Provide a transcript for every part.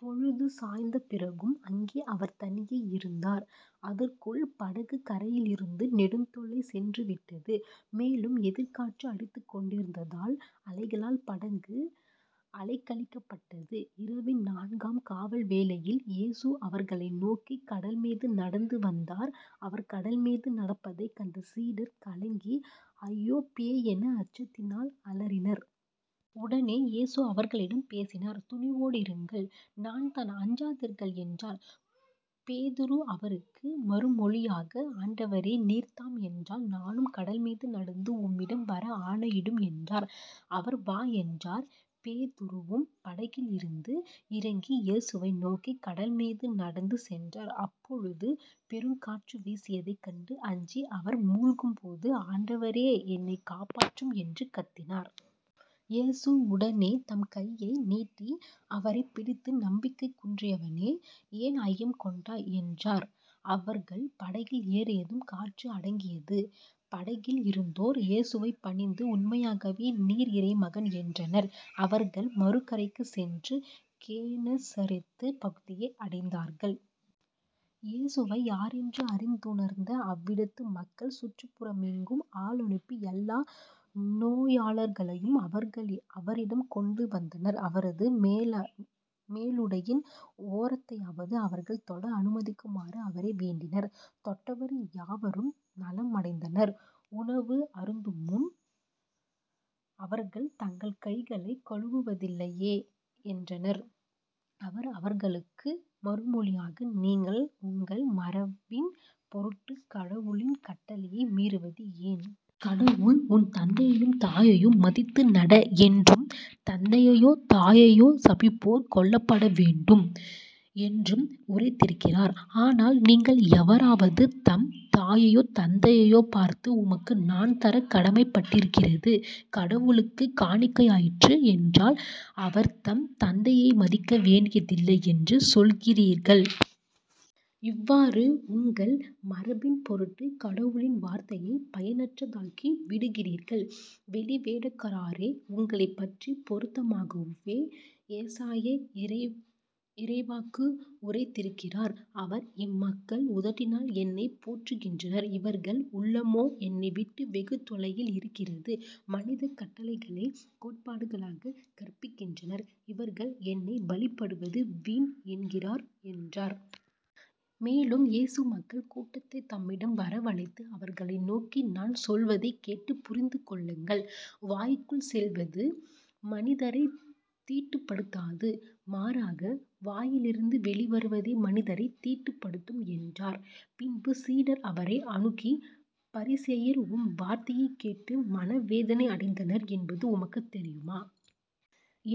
பொழுது சாய்ந்தபிறகும் அங்கே அவர் தனியே இருந்தார். அதற்குள் படகு கரையிலிருந்து நெடுந்தொலை சென்றுவிட்டது. மேலும் எதிர்க்காற்று அடித்துக்கொண்டிருந்ததால் அலைகளால் படகு அலைக்கழிக்கப்பட்டது. இரவின் நான்காம் காவல்வேளையில் இயேசு அவர்களை நோக்கிக் கடல்மீது நடந்து வந்தார். அவர் கடல்மீது நடப்பதைக் கண்ட சீடர் கலங்கி ஐயோ பேய் என அச்சத்தினால் அலறினர். உடனே இயேசு அவர்களிடம் பேசினார். துணிவோடிருங்கள் நான்தான் அஞ்சாதீர்கள் என்றார். பேதுரு அவருக்கு மறுமொழியாக ஆண்டவரே நீர்தாம் என்றால் நானும் கடல்மீது நடந்து உம்மிடம் வர ஆணையிடும் என்றார். அவர் வா என்றார். பேதுருவும் படகிலிருந்து இறங்கி இயேசுவை நோக்கிக் கடல்மீது நடந்து சென்றார். அப்பொழுது பெருங்காற்று வீசியதைக் கண்டு அஞ்சி அவர் முழ்கும்போது ஆண்டவரே என்னைக் காப்பாற்றும் என்று கத்தினார். இயேசு உடனே தம் கையை நீட்டி அவரைப் பிடித்து நம்பிக்கை குன்றியவனே ஏன் ஐயம் கொண்டாய்? என்றார். அவர்கள் படகில் ஏறியதும் காற்று அடங்கியது. படகில் இருந்தோர் இயேசுவைப் பணிந்து உண்மையாகவே நீர் இறைமகன் என்றனர். அவர்கள் மறு கரைக்குச் சென்று கேனசரேத்துப் பகுதியை அடைந்தார்கள். இயேசுவை யாரென்று அறிந்துணர்ந்த அவ்விடத்து மக்கள் சுற்றுப் புறமெங்கும் ஆள் அனுப்பி எல்லா நோயாளர்களையும் அவரிடம் கொண்டு வந்தனர். அவரது மேலுடையின் ஓரத்தையாவது அவர்கள் தொட அனுமதிக்குமாறு அவரை வேண்டினர் தொட்டவர் யாவரும் நலமடைந்தனர். உணவு அருந்துமுன் அவர்கள் தங்கள் கைகளைக் கழுவுவதில்லையே என்றனர். அவர் அவர்களுக்கு மறுமொழியாக நீங்கள் உங்கள் மரபின் பொருட்டுக் கடவுளின் கட்டளையை மீறுவது ஏன்? கடவுள் உன் தந்தையையும் தாயையும் மதித்து நட என்றும் தந்தையையோ தாயையோ சபிப்போர் கொல்லப்பட வேண்டும் என்றும் உரைத்திருக்கிறார். ஆனால் நீங்கள் எவராவது தம் தாயையோ தந்தையையோ பார்த்து உமக்கு நான் தரக் கடமைப்பட்டிக்கிறது கடவுளுக்குக் காணிக்கையாயிற்று என்றால் அவர் தம் தந்தையை மதிக்க வேண்டியதில்லை என்று சொல்லுகிறீர்கள். இவ்வாறு உங்கள் மரபின்பொருட்டுக் கடவுளின் வார்த்தையைப் பயனற்றதாக்கி விடுகிறீர்கள். வெளிவேடக்கராரே உங்களைப்பற்றிப் பொருத்தமாகவே எசாயா இறைவாக்கு உரைத்திருக்கிறார். அவர் இம்மக்கள் உதட்டினால் என்னைப் போற்றுகின்றனர். இவர்கள் உள்ளமோ என்னைவிட்டு வெகு தொலையில் இருக்கிறது. மனிதக் கட்டளைகளைக் கோட்பாடுகளாகக் கற்பிக்கின்றனர். இவர்கள் என்னை வழிபடுவது வீண் என்கிறார் என்றார். மேலும் இயேசு மக்கள் கூட்டத்தைத் தம்மிடம் வரவழைத்து அவர்களை நோக்கி நான் சொல்வதைக் கேட்டுப் புரிந்துகொள்ளுங்கள். வாய்க்குள் செல்வது மனிதரைத் தீட்டுப்படுத்தாது மாறாக வாயிலிருந்து வெளிவருவதே மனிதரைத் தீட்டுப் படுத்தும் என்றார். பின்பு சீடர் அவரை அணுகி பரிசேயர் உம் வார்த்தையைக் கேட்டு மனவேதனை அடைந்தனர் என்பது உமக்குத் தெரியுமா?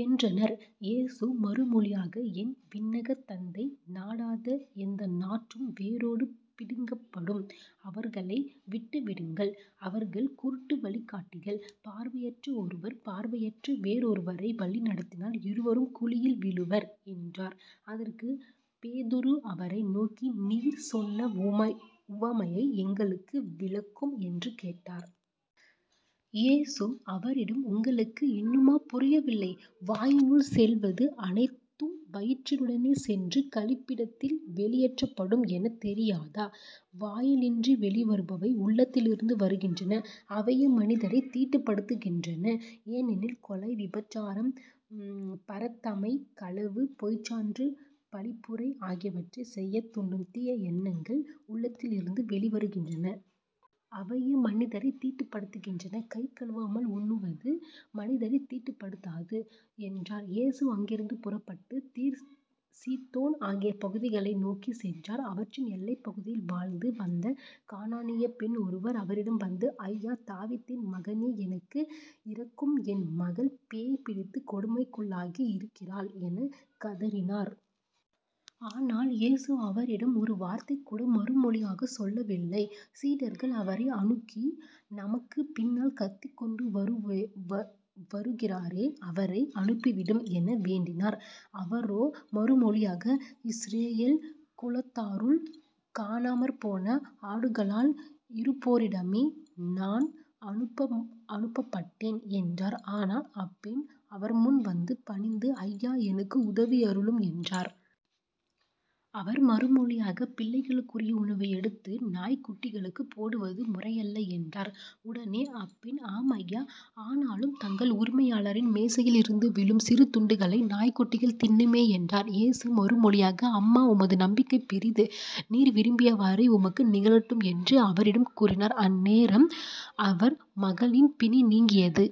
என்றனர். இயேசு மறுமொழியாக என் விண்ணகத் தந்தை நடாத எந்த நாற்றும் வேரோடு பிடுங்கப்படும். அவர்களை விட்டுவிடுங்கள். அவர்கள் குருட்டு வழிகாட்டிகள். பார்வையற்ற ஒருவர் பார்வையற்ற வேறொருவரை வழிநடத்தினால் இருவரும் குழியில் விழுவர் என்றார். அதற்குப் பேதுரு அவரை நோக்கி நீர் சொன்ன உவமையை எங்களுக்கு விளக்கும் என்று கேட்டார். இயேசு அவரிடம் உங்களுக்கு இன்னுமா புரியவில்லை? வாயினுள் செல்வது அனைத்தும் வயிற்றினூடே சென்று கழிப்பிடத்தில் வெளியேற்றப்படும் எனத் தெரியாதா? வாயினின்று வெளிவருபவை உள்ளத்திலிருந்து வருகின்றன. அவையே மனிதரைத் தீட்டுப்படுத்துகின்றன. ஏனெனில் கொலை விபசாரம் பரத்தமை களவு பொய்ச்சான்று பழிப்புரை ஆகியவற்றைச் செய்யத் தூண்டும் தீய எண்ணங்கள் உள்ளத்திலிருந்து வெளிவருகின்றன. அவையே மனிதரைத் தீட்டுப்படுத்துகின்றன. கை கழுவாமல் உண்ணுவது மனிதரைத் தீட்டுப்படுத்தாது என்றார். இயேசு அங்கிருந்து புறப்பட்டுத் தீர் சீதோன் ஆகிய பகுதிகளை நோக்கிச் சென்றார். அவற்றின் எல்லைப் பகுதியில் வாழ்ந்து வந்த கானானியப் பெண் ஒருவர் அவரிடம் வந்து ஐயா தாவிதீன் மகனே எனக்கு இரக்கும் என் மகள் பேய் பிடித்துக் கொடுமைக்குள்ளாகி இருக்கிறாள் எனக் கதறினார். ஆனால் இயேசு அவரிடம் ஒரு வார்த்தைகூட மறுமொழியாகச் சொல்லவில்லை. சீடர்கள் அவரை அணுக்கி நமக்குப் பின்னால் கத்திக்கொண்டு வருகிறாரே அவரை அனுப்பிவிடும் என வேண்டினர். அவரோ மறுமொழியாக இஸ்ரயேல் குலத்தாருள் காணாமற்போன ஆடுகளாய் இருப்போரிடமே நான் அனுப்பப்பட்டேன் என்றார். ஆனால் அப்பெண் அவர்முன் வந்து பணிந்து ஐயா எனக்கு உதவியருளும் என்றார். அவர் மறுமொழியாக பிள்ளைகளுக்குருய உணவை எடுத்து நாய்க் குட்டிகளுக்குப் போடுவது முறையல்ல என்றார். உடனே அப்பெண் ஆம் ஐயா ஆனாலும் தங்கள் உரிமையாளரின் மேசையிலிருந்து விழும் சிறு துண்டுகளை நாய்க்குட்டிகள் தின்னுமே என்றார். இயேசு மறுமொழியாக அம்மா உமது நம்பிக்கை பெரிது. நீர் விரும்பியவாறே உமக்கு நிகழட்டும் என்று அவரிடம் கூறினார். அந்நேரம் அவர் மகளின் பிணி நீங்கியது.